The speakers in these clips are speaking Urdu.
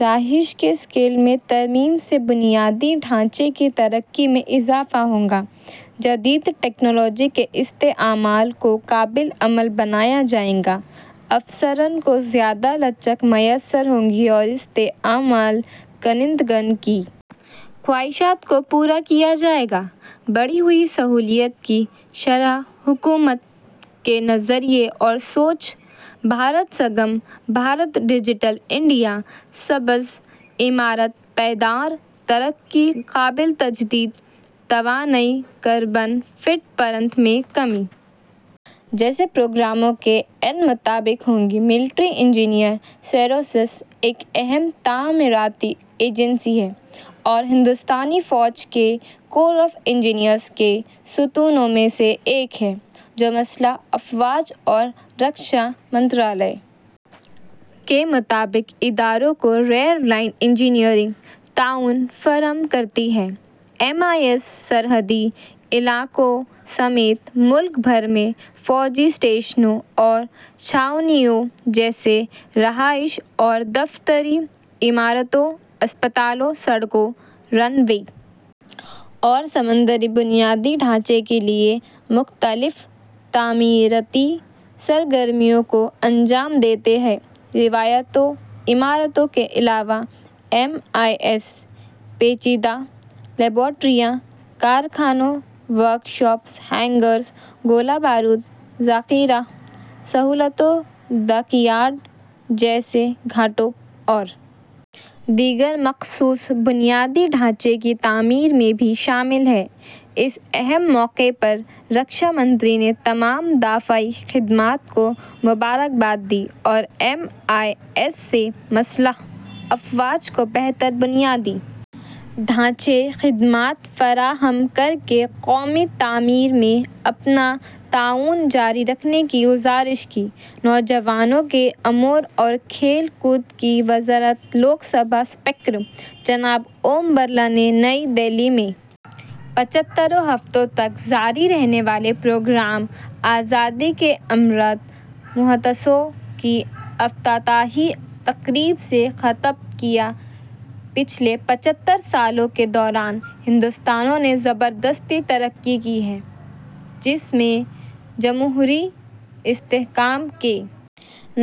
رہائش کے اسکیل میں ترمیم سے بنیادی ڈھانچے کی ترقی میں اضافہ ہوگا جدید ٹیکنالوجی کے استعمال کو قابل عمل بنایا جائے گا افسران کو زیادہ لچک میسر ہوگی اور استعمال کنندگان کی خواہشات کو پورا کیا جائے گا بڑھی ہوئی سہولیات کی شرح حکومت کے نظریے اور سوچھ بھارت سگم بھارت ڈیجیٹل انڈیا سبز عمارت پائیدار ترقی قابل تجدید توانائی کاربن فٹ پرنٹ میں کمی جیسے پروگراموں کے عین مطابق ہوگی ملٹری انجینئر سروسز ایک اہم تعمیراتی ایجنسی ہے اور ہندوستانی فوج کے کور آف انجینئرز کے ستونوں میں سے ایک ہے جو مسلح افواج اور رکشا منترالیہ کے متعلقہ اداروں کو ریئر لائن انجینئرنگ تعاون فراہم کرتی ہے ایم ای ایس سرحدی علاقوں سمیت ملک بھر میں فوجی اسٹیشنوں اور چھاؤنیوں جیسے رہائشی اور دفتری عمارتوں اسپتالوں سڑکوں رن وے اور سمندری بنیادی ڈھانچے کے لیے مختلف تعمیراتی سرگرمیوں کو انجام دیتی ہے روایتی عمارتوں کے علاوہ ایم ای ایس پیچیدہ لیبارٹریوں کارخانوں ورکشاپس ہینگرز گولہ بارود ذخیرہ سہولتوں ڈاکیارڈ جیٹیز گھاٹوں اور دیگر مخصوص بنیادی ڈھانچے کی تعمیر میں بھی شامل ہے اس اہم موقع پر رکشا منتری نے تمام دفاعی خدمات کو مبارکباد دی اور ایم ای ایس سے مسلح افواج کو بہتر بنیادی ڈھانچہ خدمات فراہم کر کے قومی تعمیر میں اپنا تعاون جاری رکھنے کی گزارش کی نوجوانوں کے امور اور کھیل کود کی وزارت لوک سبھا اسپیکر جناب اوم برلا نے نئی دہلی میں پچھتر ہفتوں تک جاری رہنے والے پروگرام آزادی کا امرت مہوتسو کی افتتاحی تقریب سے خطاب کیا پچھلے پچھتر سالوں کے دوران ہندوستان نے زبردست ترقی کی ہے جس نے جمہوری استحکام کے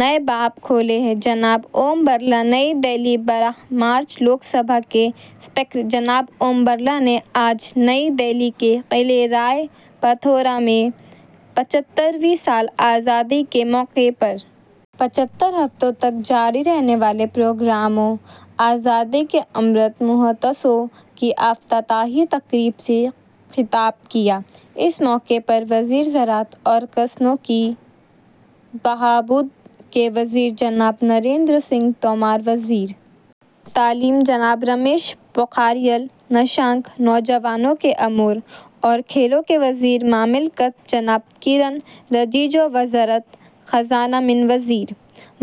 نئے باب کھولے ہیں جناب اوم برلا نئی دہلی بارہ مارچ لوک سبھا کے اسپیکر جناب اوم برلا نے آج نئی دہلی کے قلعہ رائے پتھورا میں پچھترویں سال آزادی کے موقع پر پچھتر ہفتوں تک جاری رہنے والے پروگرام آزادی کا امرت مہوتسو کی افتتاحی تقریب سے خطاب کیا اس موقع پر وزیر زراعت اور کسانوں کی بہبود کے وزیر جناب نریندر سنگھ تومر وزیر تعلیم جناب رمیش پوکھریال نشنک نوجوانوں کے امور اور کھیلوں کے وزیر مملکت جناب کیرن رجیجو وزارت خزانہ میں وزیر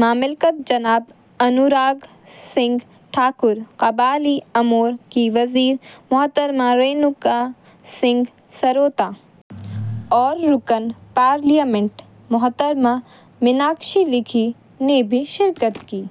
مملکت جناب انوراگ سنگھ ٹھاکر قبائلی امور کی وزیر محترمہ رینوکا سنگھ سروتا اور رکن پارلیمنٹ محترمہ میناکشی لیکھی نے بھی شرکت کی